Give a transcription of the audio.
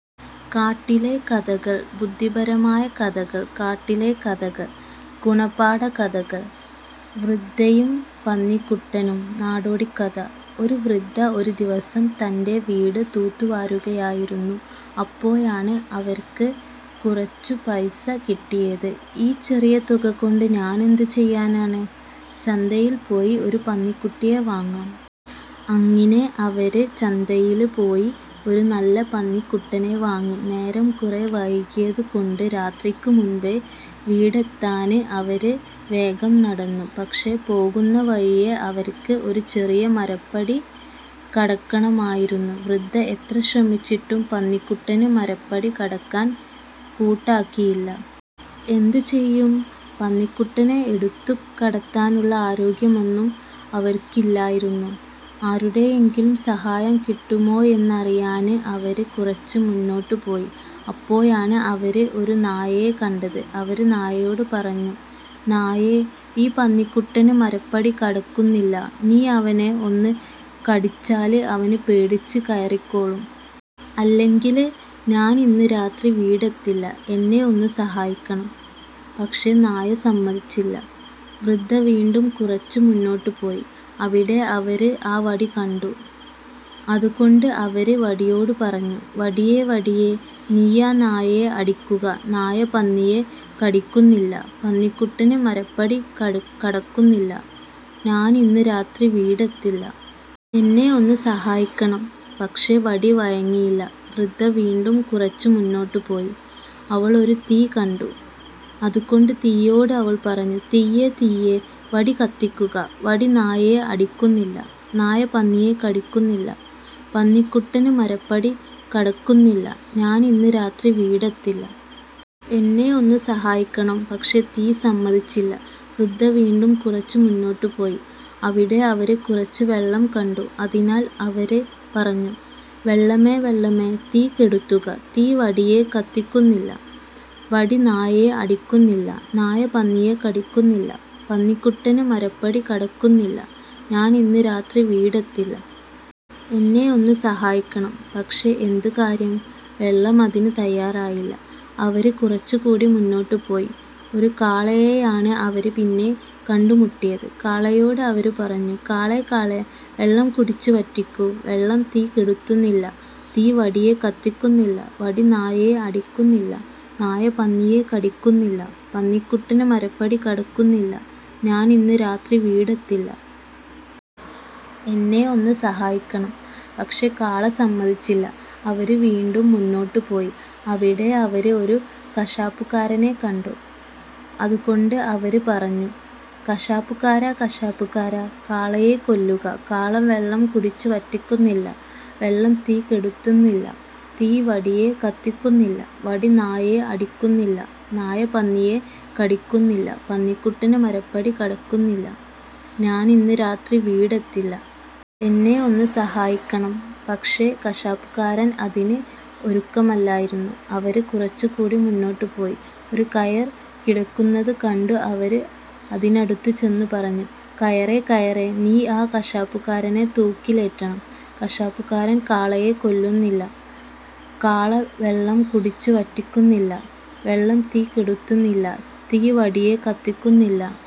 കാട്ടിലെ കഥകള് ബുദ്ധിപരമായ കഥകൾ കാട്ടിലെ കഥകള് ഗുണപാഠ കഥകള് വൃദ്ധയും പന്നിക്കുട്ടനും നാടോടിക്കഥ ഒരു വൃദ്ധ ഒരു ദിവസം തന്റെ വീട് തൂത്തുവാരുകയായിരുന്നു. അപ്പോഴാണ് അവര്ക്ക് കുറച്ചു പൈസ കിട്ടിയത്, "ഈ ചെറിയ തുക കൊണ്ട് ഞാൻ എന്തു ചെയ്യാനാണ്? ചന്തയിൽ പോയി ഒരു പന്നിക്കുട്ടിയെ വാങ്ങാം. " അങ്ങിനെ അവര് ചന്തയില് പോയി ഒരു നല്ല പന്നിക്കുട്ടനെ വാങ്ങി. നേരം കുറെ വൈകിയത് കൊണ്ട് രാത്രിക്ക് മുന്പേ വീടെത്താന് അവര് വേഗം നടന്നു. പക്ഷേ പോകുന്ന വഴിയേ അവര്ക്ക് ഒരു ചെറിയ മരപ്പടി കടക്കണമായിരുന്നു. വൃദ്ധ എത്ര ശ്രമിച്ചിട്ടും പന്നിക്കുട്ടന് മരപ്പടി കടക്കാന് കൂട്ടാക്കിയില്ല. എന്തു ചെയ്യും? പന്നിക്കുട്ടനെ എടുത്തു കടത്താനുള്ള ആരോഗ്യമൊന്നും അവര്ക്കില്ലായിരുന്നു. ആരുടെയെങ്കിലും സഹായം കിട്ടുമോയെന്നറിയാന് അവര് കുറച്ച് മുന്നോട്ട് പോയി. അപ്പോഴാണ് അവര് ഒരു നായയെ കണ്ടത്. അവര് നായയോട് പറഞ്ഞു: "നായേ! ഈ പന്നിക്കുട്ടന് മരപ്പടി കടക്കുന്നില്ല. നീ അവനെ ഒന്നു കടിച്ചാല് അവന് പേടിച്ച് കയറിക്കോളും. അല്ലെങ്കില് ഞാൻ ഇന്ന് രാത്രി വീടെത്തില്ല. എന്നെ ഒന്നു സഹായിക്കണം! " പക്ഷേ നായ സമ്മതിച്ചില്ല. വൃദ്ധ വീണ്ടും കുറച്ച് മുന്നോട്ട് പോയി. അവിടെ അവര് ഒരു വടി കണ്ടു. അതുകൊണ്ട് അവര് വടിയോട് പറഞ്ഞു: "വടിയേ! വടിയേ! നീയാ നായയെ അടിക്കുക! നായ പന്നിയെ കടിക്കുന്നില്ല; പന്നിക്കുട്ടന് മരപ്പടി കടക്കുന്നില്ല; ഞാൻ ഇന്ന് രാത്രി വീടെത്തില്ല. എന്നെ ഒന്നു സഹായിക്കണം! " പക്ഷേ വടി വഴങ്ങിയില്ല. വൃദ്ധ വീണ്ടും കുറച്ച് മുന്നോട്ട് പോയി. അവൾ ഒരു തീ കണ്ടു. അതുകൊണ്ട് തീയോട് അവൾ പറഞ്ഞു: "തീയേ! തീയേ! വടി കത്തിക്കുക; വടി നായയെ അടിക്കുന്നില്ല; നായ പന്നിയെ കടിക്കുന്നില്ല; പന്നിക്കുട്ടന് മരപ്പടി കടക്കുന്നില്ല; ഞാൻ ഇന്ന് രാത്രി വീടെത്തില്ല. എന്നെ ഒന്നു സഹായിക്കണം! ". പക്ഷേ തീ സമ്മതിച്ചില്ല. വൃദ്ധ വീണ്ടും കുറച്ച് മുന്നോട്ട് പോയി. അവിടെ അവര് കുറച്ച് വെള്ളം കണ്ടു. അതിനാൽ അവര് പറഞ്ഞു: "വെള്ളമേ, വെള്ളമേ! തീ കെടുത്തുക; തീ വടിയേ കത്തിക്കുന്നില്ല; വടി നായയെ അടിക്കുന്നില്ല; നായ പന്നിയെ കടിക്കുന്നില്ല; പന്നിക്കുട്ടന് മരപ്പടി കടക്കുന്നില്ല; ഞാൻ ഇന്ന് രാത്രി വീടെത്തില്ല. എന്നെ ഒന്നു സഹായിക്കണം! " പക്ഷേ എന്തു കാര്യം, വെള്ളം അതിന് തയ്യാറായില്ല. അവര് കുറച്ചുകൂടി മുന്നോട്ട് പോയി. ഒരു കാളയെയാണ് അവര് പിന്നെ കണ്ടുമുട്ടിയത്. കാളയോട് അവര് പറഞ്ഞു: "കാളേ! കാളേ! വെള്ളം കുടിച്ചു വറ്റിക്കൂ; വെള്ളം തീ കെടുത്തുന്നില്ല; തീ വടിയേ കത്തിക്കുന്നില്ല; വടി നായയെ അടിക്കുന്നില്ല; നായ പന്നിയെ കടിക്കുന്നില്ല; പന്നിക്കുട്ടന് മരപ്പടി കടക്കുന്നില്ല; ഞാൻ ഇന്ന് രാത്രി വീടെത്തില്ല. എന്നെ ഒന്നു സഹായിക്കണം! പക്ഷേ കാള സമ്മതിച്ചില്ല. അവര് വീണ്ടും മുന്നോട്ട് പോയി. അവിടെ അവര് ഒരു കശാപ്പുകാരനെ കണ്ടു. അതുകൊണ്ട് അവര്പറഞ്ഞു: "കശാപ്പുകാരാ! കശാപ്പുകാരാ! കാളയെ കൊല്ലുക; കാള വെള്ളം കുടിച്ചു വറ്റിക്കുന്നില്ല; വെള്ളം തീ കെടുത്തുന്നില്ല; തീ വടിയേ കത്തിക്കുന്നില്ല; വടി നായയെ അടിക്കുന്നില്ല; നായ പന്നിയെ കടിക്കുന്നില്ല; പന്നിക്കുട്ടന് മരപ്പടി കടക്കുന്നില്ല; ഞാൻ ഇന്ന് രാത്രി വീടെത്തില്ല. എന്നെ ഒന്നു സഹായിക്കണം! " പക്ഷേ, കശാപ്പുകാരൻ അതിന് ഒരുക്കമല്ലായിരുന്നു. അവര് കുറച്ചുകൂടി മുന്നോട്ട് പോയി. ഒരു കയർ കിടക്കുന്നത് കണ്ടു അവര് അതിനടുത്ത് ചെന്നു പറഞ്ഞു: "കയറേ! കയറേ! നീ ആ കശാപ്പുകാരനെ തൂക്കിലേറ്റണം; കശാപ്പുകാരൻ കാളയെ കൊല്ലുകയില്ല; കാള വെള്ളം കുടിച്ചു വറ്റിക്കുന്നില്ല; വെള്ളം തീ കെടുത്തുന്നില്ല; തീ വടിയേ കത്തിക്കുന്നില്ല;